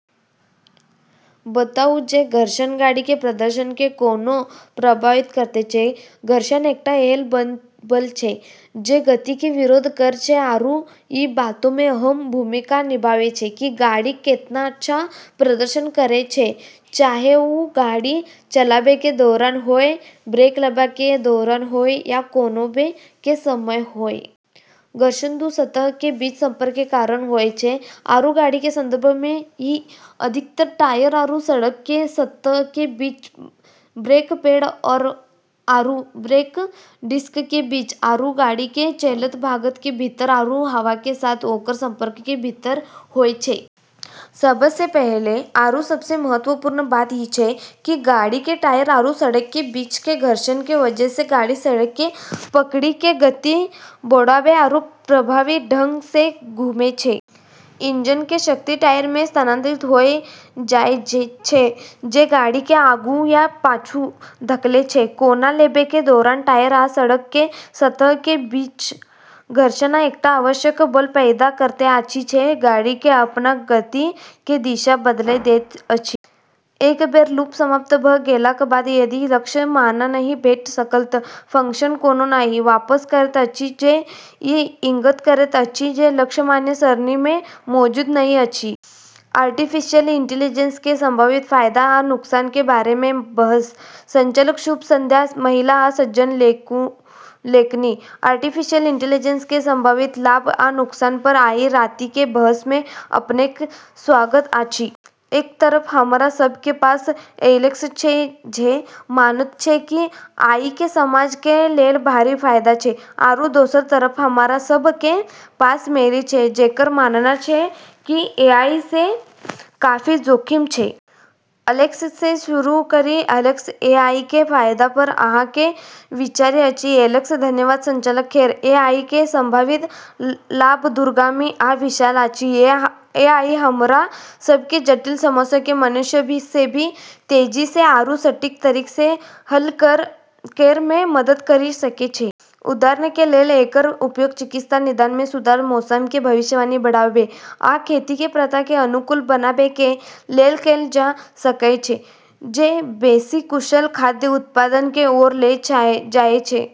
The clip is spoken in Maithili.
बताउ जे घर्षण गाड़ी के प्रदर्शन कें कोना प्रभावित करैत छै। घर्षण एकटा एहन बल छै जे गति के विरोध करै छै आरू ई बात में अहम भूमिका निभाबै छै कि गाड़ी केतना अच्छा प्रदर्शन करै छै, चाहे वू गाड़ी चलाबै के दौरान होय, ब्रेक लगाबै के दौरान होय या कोना लेबे के समय होय। घर्षण दू सतह के बीच संपर्क के कारण होय छै, आरू गाड़ी के संदर्भ में ई अधिकतर टायर आरू सड़क के सतह के बीच, ब्रेक पैड आरू ब्रेक डिस्क के बीच, आरू गाड़ी के चलैत भाग के भीतर आरू हवा के साथ ओकर संपर्क के भीतर होय छै। सबसें पहल आरू सबसें महत्वपूर्ण बात ई छै कि गाड़ी के टायर आरू सड़क के बीच के घर्षण के वजह से गाड़ी सड़क के पकड़ी के गति बढ़ाबै आरू प्रभावी ढंग से घूमै छै। इंजन के शक्ति टायर में स्थानांतरित होय जाय छै, जे गाड़ी के आगू या पाछू धकेलै छै। कोना लेबे के दौरान टायर आ सड़क के सतह के बीच घर्षण एकटा आवश्यक बल पैदा करैत अछि जे गाड़ी के अपन गति के दिशा बदलय दैत अछि। एक बेर लूप समाप्त भ गेलाक बाद, यदि लक्ष्य मान नहि भेट सकल त' फंक्शन 'कोनो नहि' वापस करैत अछि जे ई इंगित करैत अछि जे लक्ष्य मान सरणी में मौजूद नहि अछि। आर्टिफिशियल इंटेलिजेंस के संभावित फायदा आ नुकसान के बारे में बहस। संचालक: शुभ संध्या महिला आ सज्जन लोकनि, आर्टिफिशियल इंटेलिजेंस के संभावित लाभ आ नुकसान पर आइ राति के बहस में अपनेक स्वागत अछि। एक तरफ हमरा सब के पास एलेक्स छै जे मानैत छै कि एआई के समाज के लेल भारी फायदा छै, आरू दोसर तरफ हमरा सब के पास मैरी छै, जेकर मानना छै कि एआई से काफी जोखिम छै। एलेक्स से शुरू करी। एलेक्स, एआई के फायदा पर अहां के की विचार अछि? एलेक्स: धन्यवाद, संचालक। खैर, एआई के संभावित लाभ दूरगामी आ विशाल अछि। एआई हमरा सब कें जटिल समस्या कें मनुष्य से भी तेजी से आरू सटीक तरीका से हल करै में मदद करी सकै छै। उदाहरण कें लेल, एकर उपयोग चिकित्सा निदान में सुधार, मौसम कें भविष्यवाणी बढ़ाबै, आ खेती कें प्रथा कें अनुकूल बनाबै कें लेल कैल जा सकय छै, जे बेसी कुशल खाद्य उत्पादन कें ओर ले जाय छै।